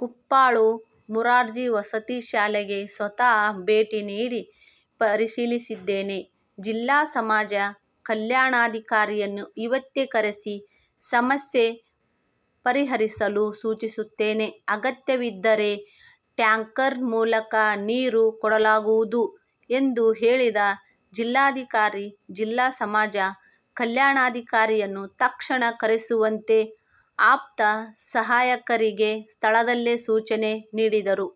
ಕುಪ್ಪಾಳು ಮೊರಾರ್ಜಿ ವಸತಿ ಶಾಲೆಗೆ ಸ್ವತಃ ಭೇಟಿ ನೀಡಿ ಪರಿಶೀಲಿಸಿದ್ದೇನೆ. ಜಿಲ್ಲಾ ಸಮಾಜ ಕಲ್ಯಾಣಾಧಿಕಾರಿಯನ್ನು ಇವತ್ತೇ ಕರೆಸಿ ಸಮಸ್ಯೆ ಪರಿಹರಿಸಲು ಸೂಚಿಸುತ್ತೇನೆ. ಅಗತ್ಯವಿದ್ದರೆ ಟ್ಯಾಂಕರ್ ಮೂಲಕ ನೀರು ಕೊಡಲಾಗುವುದು ಎಂದು ಹೇಳಿದ ಜಿಲ್ಲಾಧಿಕಾರಿ, ಜಿಲ್ಲಾ ಸಮಾಜ ಕಲ್ಯಾಣಾಧಿಕಾರಿಯನ್ನು ತಕ್ಷಣ ಕರೆಸುವಂತೆ ಆಪ್ತ ಸಹಾಯಕರಿಗೆ ಸ್ಥಳದಲ್ಲೇ ಸೂಚನೆ ನೀಡಿದರು.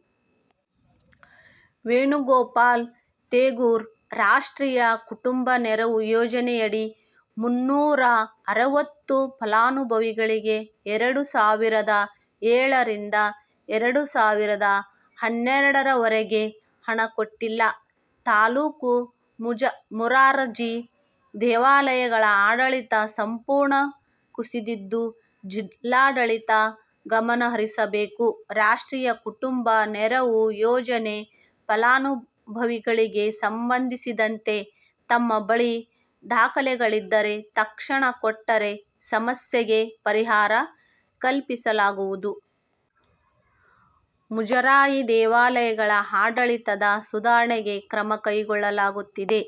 ವೇಣುಗೋಪಾಲ್, ತೇಗೂರು ರಾಷ್ಟ್ರೀಯ ಕುಟುಂಬ ನೆರವು ಯೋಜನೆಯಡಿ ಮುನ್ನೂರ ಅರವತ್ತು ಫಲಾನುಭವಿಗಳಿಗೆ ಎರಡು ಸಾವಿರದ ಏಳರಿಂದ ಎರಡು ಸಾವಿರದ ಹನ್ನೆರಡರವರೆಗೆ ಹಣ ಕೊಟ್ಟಿಲ್ಲ. ತಾಲೂಕು ಮುಜರಾಯಿ ದೇವಾಲಯಗಳ ಆಡಳಿತ ಸಂಪೂರ್ಣ ಕುಸಿದಿದ್ದು, ಜಿಲ್ಲಾಡಳಿತ ಗಮನಹರಿಸಬೇಕು. ರಾಷ್ಟ್ರೀಯ ಕುಟುಂಬ ನೆರವು ಯೋಜನೆ ಫಲಾನುಭವಿಗಳಿಗೆ ಸಂಬಂಧಿಸಿದಂತೆ ತಮ್ಮ ಬಳಿ ದಾಖಲೆಗಳಿದ್ದರೆ ತಕ್ಷಣ ಕೊಟ್ಟರೆ ಸಮಸ್ಯೆಗೆ ಪರಿಹಾರ ಕಲ್ಪಿಸಲಾಗುವುದು. ಮುಜರಾಯಿ ದೇವಾಲಯಗಳ ಆಡಳಿತ ಸುಧಾರಣೆಗೆ ಕ್ರಮ ಕೈಗೊಳ್ಳಲಾಗುತ್ತಿದೆ.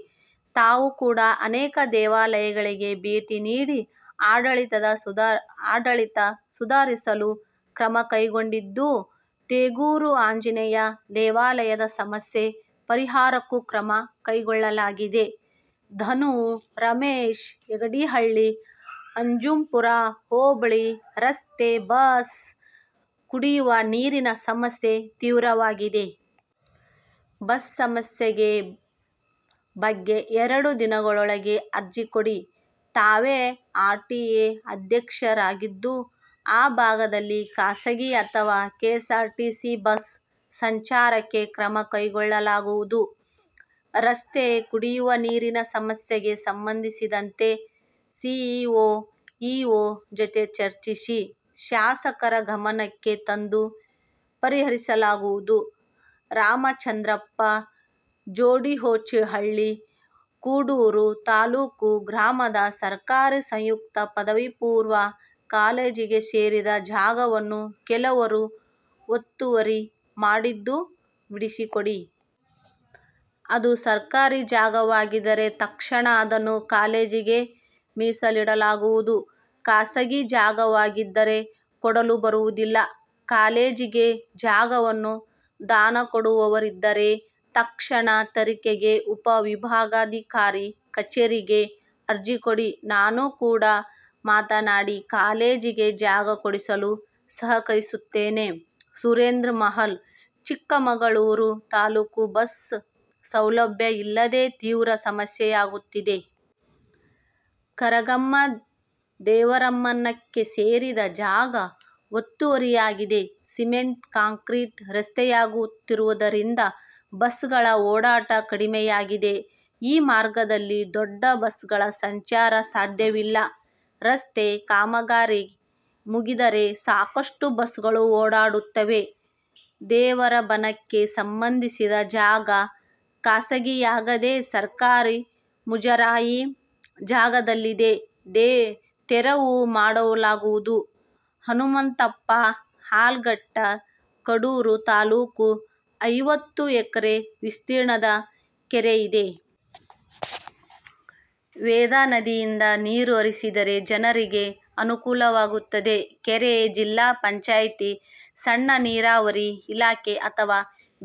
ತಾವು ಕೂಡ ಅನೇಕ ದೇವಾಲಯಗಳಿಗೆ ಭೇಟಿ ನೀಡಿ ಆಡಳಿತ ಸುಧಾರಿಸಲು ಕ್ರಮ ಕೈಗೊಂಡಿದ್ದು, ತೇಗೂರು ಆಂಜನೇಯ ದೇವಾಲಯದ ಸಮಸ್ಯೆ ಪರಿಹಾರಕ್ಕೂ ಕ್ರಮ ಕೈಗೊಳ್ಳಲಾಗಿದೆ. ಧನು, ರಮೇಶ್, ಯಗಡಿಹಳ್ಳಿ, ಅಜ್ಜಂಪುರ ಹೋಬಳಿ ರಸ್ತೆ, ಬಸ್, ಕುಡಿವ ನೀರಿನ ಸಮಸ್ಯೆ ತೀವ್ರವಾಗಿದೆ. ಬಸ್ ಸಮಸ್ಯೆ ಬಗ್ಗೆ ಎರಡು ದಿನದೊಳಗೆ ಅರ್ಜಿ ಕೊಡಿ. ತಾವೇ ಆರ್ಟಿಎ ಅಧ್ಯಕ್ಷರಾಗಿದ್ದು, ಆ ಭಾಗದಲ್ಲಿ ಖಾಸಗಿ ಅಥವಾ ಕೆಎಸ್ಸಾರ್ಟಿಸಿ ಬಸ್ ಸಂಚಾರಕ್ಕೆ ಕ್ರಮ ಕೈಗೊಳ್ಳಲಾಗುವುದು. ರಸ್ತೆ, ಕುಡಿವ ನೀರಿನ ಸಮಸ್ಯೆಗೆ ಸಂಬಂಧಿಸಿದಂತೆ ಸಿಇಒ, ಇಒ ಜತೆ ಚರ್ಚಿಸಿ, ಶಾಸಕರ ಗಮನಕ್ಕೆ ತಂದು ಪರಿಹರಿಸಲಾಗುವುದು. ರಾಮಚಂದ್ರಪ್ಪ, ಜೋಡಿಹೋಚಿಹಳ್ಳಿ, ಕಡೂರು ತಾಲ್ಲೂಕು ಗ್ರಾಮದ ಸರಕಾರಿ ಸಂಯುಕ್ತ ಪದವಿಪೂರ್ವ ಕಾಲೇಜಿಗೆ ಸೇರಿದ ಜಾಗವನ್ನು ಕೆಲವರು ಒತ್ತುವರಿ ಮಾಡಿದ್ದು, ಬಿಡಿಸಿಕೊಡಿ. ಅದು ಸರಕಾರಿ ಜಾಗವಾಗಿದ್ದರೆ ತಕ್ಷಣ ಅದನ್ನು ಕಾಲೇಜಿಗೆ ಮೀಸಲಿಡಲಾಗುವುದು. ಖಾಸಗಿ ಜಾಗವಾಗಿದ್ದರೆ ಕೊಡಲು ಬರುವುದಿಲ್ಲ. ಕಾಲೇಜಿಗೆ ಜಾಗವನ್ನು ದಾನ ಕೊಡುವವರಿದ್ದರೆ ತಕ್ಷಣ ತರೀಕೆರೆ ಉಪ ವಿಭಾಗಾಧಿಕಾರಿ ಕಚೇರಿಗೆ ಅರ್ಜಿ ಕೊಡಿ. ನಾನು ಕೂಡ ಮಾತನಾಡಿ ಕಾಲೇಜಿಗೆ ಜಾಗ ಕೊಡಿಸಲು ಸಹಕರಿಸುತ್ತೇನೆ. ಸುರೇಂದ್ರ, ಮಹಲ್, ಚಿಕ್ಕಮಗಳೂರು ತಾಲ್ಲೂಕು ಬಸ್ ಸೌಲಭ್ಯ ಇಲ್ಲದೆ ತೀವ್ರ ಸಮಸ್ಯೆಯಾಗುತ್ತಿದೆ. ಕರಗಮ್ಮ ದೇವರಬನಕ್ಕೆ ಸೇರಿದ ಜಾಗ ಒತ್ತುವರಿಯಾಗಿದೆ. ಸಿಮೆಂಟ್ ಕಾಂಕ್ರಿಟ್ ರಸ್ತೆಯಾಗುತ್ತಿರುವುದರಿಂದ ಬಸ್ಗಳ ಓಡಾಟ ಕಡಿಮೆಯಾಗಿದೆ. ಈ ಮಾರ್ಗದಲ್ಲಿ ದೊಡ್ಡ ಬಸ್ಗಳ ಸಂಚಾರ ಸಾಧ್ಯವಿಲ್ಲ. ರಸ್ತೆ ಕಾಮಗಾರಿ ಮುಗಿದರೆ ಸಾಕಷ್ಟು ಬಸ್ಗಳು ಓಡಾಡುತ್ತವೆ. ದೇವರಬನಕ್ಕೆ ಸಂಬಂಧಿಸಿದ ಜಾಗ ಖಾಸಗಿಯಾಗದೆ ಸರಕಾರಿ, ಮುಜರಾಯಿ ಜಾಗದಲ್ಲಿದ್ದರೆ ತೆರವು ಮಾಡಲಾಗುವುದು. ಹನುಮಂತಪ್ಪ, ಆಲಗಟ್ಟ, ಕಡೂರು ತಾಲ್ಲೂಕು ಐವತ್ತು ಎಕರೆ ವಿಸ್ತೀರ್ಣದ ಕೆರೆ ಇದೆ. ವೇದಾನದಿಯಿಂದ ನೀರು ಹರಿಸಿದರೆ ಜನರಿಗೆ ಅನುಕೂಲವಾಗುತ್ತದೆ. ಕೆರೆ ಜಿಲ್ಲಾ ಪಂಚಾಯಿತಿ, ಸಣ್ಣ ನೀರಾವರಿ ಇಲಾಖೆ ಅಥವಾ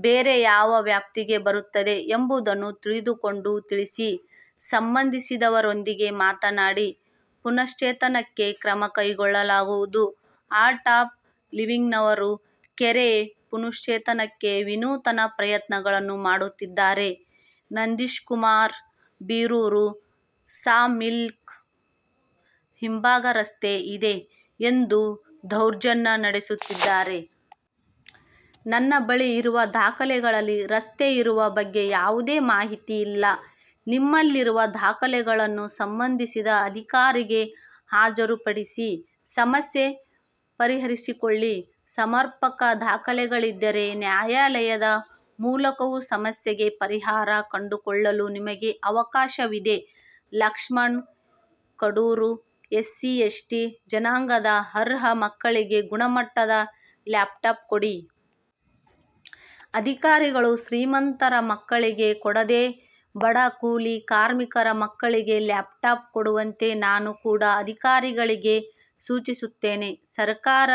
ಬೇರೆ ಯಾವ ವ್ಯಾಪ್ತಿಗೆ ಬರುತ್ತದೆ ಎಂಬುದನ್ನು ತಿಳಿದುಕೊಂಡು ತಿಳಿಸಿ. ಸಂಬಂಧಿಸಿದವರೊಂದಿಗೆ ಮಾತನಾಡಿ ಪುನಶ್ಚೇತನಕ್ಕೆ ಕ್ರಮ ಕೈಗೊಳ್ಳಲಾಗುವುದು. ಆರ್ಟ್ ಆಫ್ ಲಿವಿಂಗ್ನವರು ಕೆರೆ ಪುನಶ್ಚೇತನಕ್ಕೆ ವಿನೂತನ ಪ್ರಯತ್ನಗಳನ್ನು ಮಾಡುತ್ತಿದ್ದಾರೆ. ನಂದೀಶ್ಕುಮಾರ್, ಬೀರೂರು ಸಾ ಮಿಲ್ ಹಿಂಭಾಗ ರಸ್ತೆ ಇದೆ ಎಂದು ದೌರ್ಜನ್ಯ ನಡೆಸುತ್ತಿದ್ದಾರೆ. ನನ್ನ ಬಳಿ ಇರುವ ದಾಖಲೆಗಳಲ್ಲಿ ರಸ್ತೆ ಇರುವ ಬಗ್ಗೆ ಯಾವುದೇ ಮಾಹಿತಿ ಇಲ್ಲ. ನಿಮ್ಮಲ್ಲಿರುವ ದಾಖಲೆಗಳನ್ನು ಸಂಬಂಧಿಸಿದ ಅಧಿಕಾರಿಗೆ ಹಾಜರು ಪಡಿಸಿ ಸಮಸ್ಯೆ ಪರಿಹರಿಸಿಕೊಳ್ಳಿ. ಸಮರ್ಪಕ ದಾಖಲೆಗಳಿದ್ದರೆ ನ್ಯಾಯಾಲಯದ ಮೂಲಕವೂ ಸಮಸ್ಯೆಗೆ ಪರಿಹಾರ ಕಂಡುಕೊಳ್ಳಲು ನಿಮಗೆ ಅವಕಾಶವಿದೆ. ಲಕ್ಷ್ಮಣ, ಕಡೂರು ಎಸ್ಸಿ, ಎಸ್ಟಿ ಜನಾಂಗದ ಅರ್ಹ ಮಕ್ಕಳಿಗೆ ಗುಣಮಟ್ಟದ ಲ್ಯಾಪ್ಟಾಪ್ ಕೊಡಿ. ಅಧಿಕಾರಿಗಳು, ಶ್ರೀಮಂತರ ಮಕ್ಕಳಿಗೆ ಕೊಡದೆ ಬಡ, ಕೂಲಿ ಕಾರ್ಮಿಕರ ಮಕ್ಕಳಿಗೆ ಲ್ಯಾಪ್ಟಾಪ್ ಕೊಡುವಂತೆ ನಾನು ಕೂಡ ಅಧಿಕಾರಿಗಳಿಗೆ ಸೂಚಿಸುತ್ತೇನೆ. ಸರಕಾರ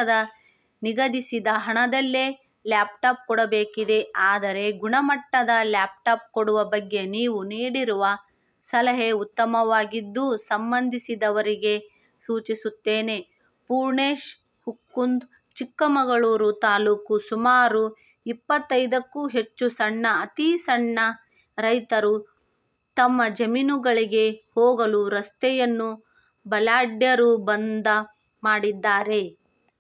ನಿಗದಿಸಿದ ಹಣದಲ್ಲೇ ಲ್ಯಾಪ್ಟಾಪ್ ಕೊಡಬೇಕಿದೆ. ಆದರೆ, ಗುಣಮಟ್ಟದ ಲ್ಯಾಪ್ಟಾಪ್ ಕೊಡುವ ಬಗ್ಗೆ ನೀವು ನೀಡಿರುವ ಸಲಹೆ ಉತ್ತಮವಾಗಿದ್ದು, ಸಂಬಂಧಿಸಿದವರಿಗೆ ಸೂಚಿಸುತ್ತೇನೆ. ಪೂರ್ಣೇಶ್, ಹುಕ್ಕುಂದ, ಚಿಕ್ಕಮಗಳೂರು ತಾಲ್ಲೂಕು ಸುಮಾರು ಇಪ್ಪತ್ತೈದಕ್ಕೂ ಹೆಚ್ಚು ಸಣ್ಣ, ಅತಿಸಣ್ಣ ರೈತರು ತಮ್ಮ ಜಮೀನುಗಳಿಗೆ ಹೋಗುವ ರಸ್ತೆಯನ್ನು ಬಲಾಢ್ಯರು ಬಂದ್ ಮಾಡಿದ್ದಾರೆ.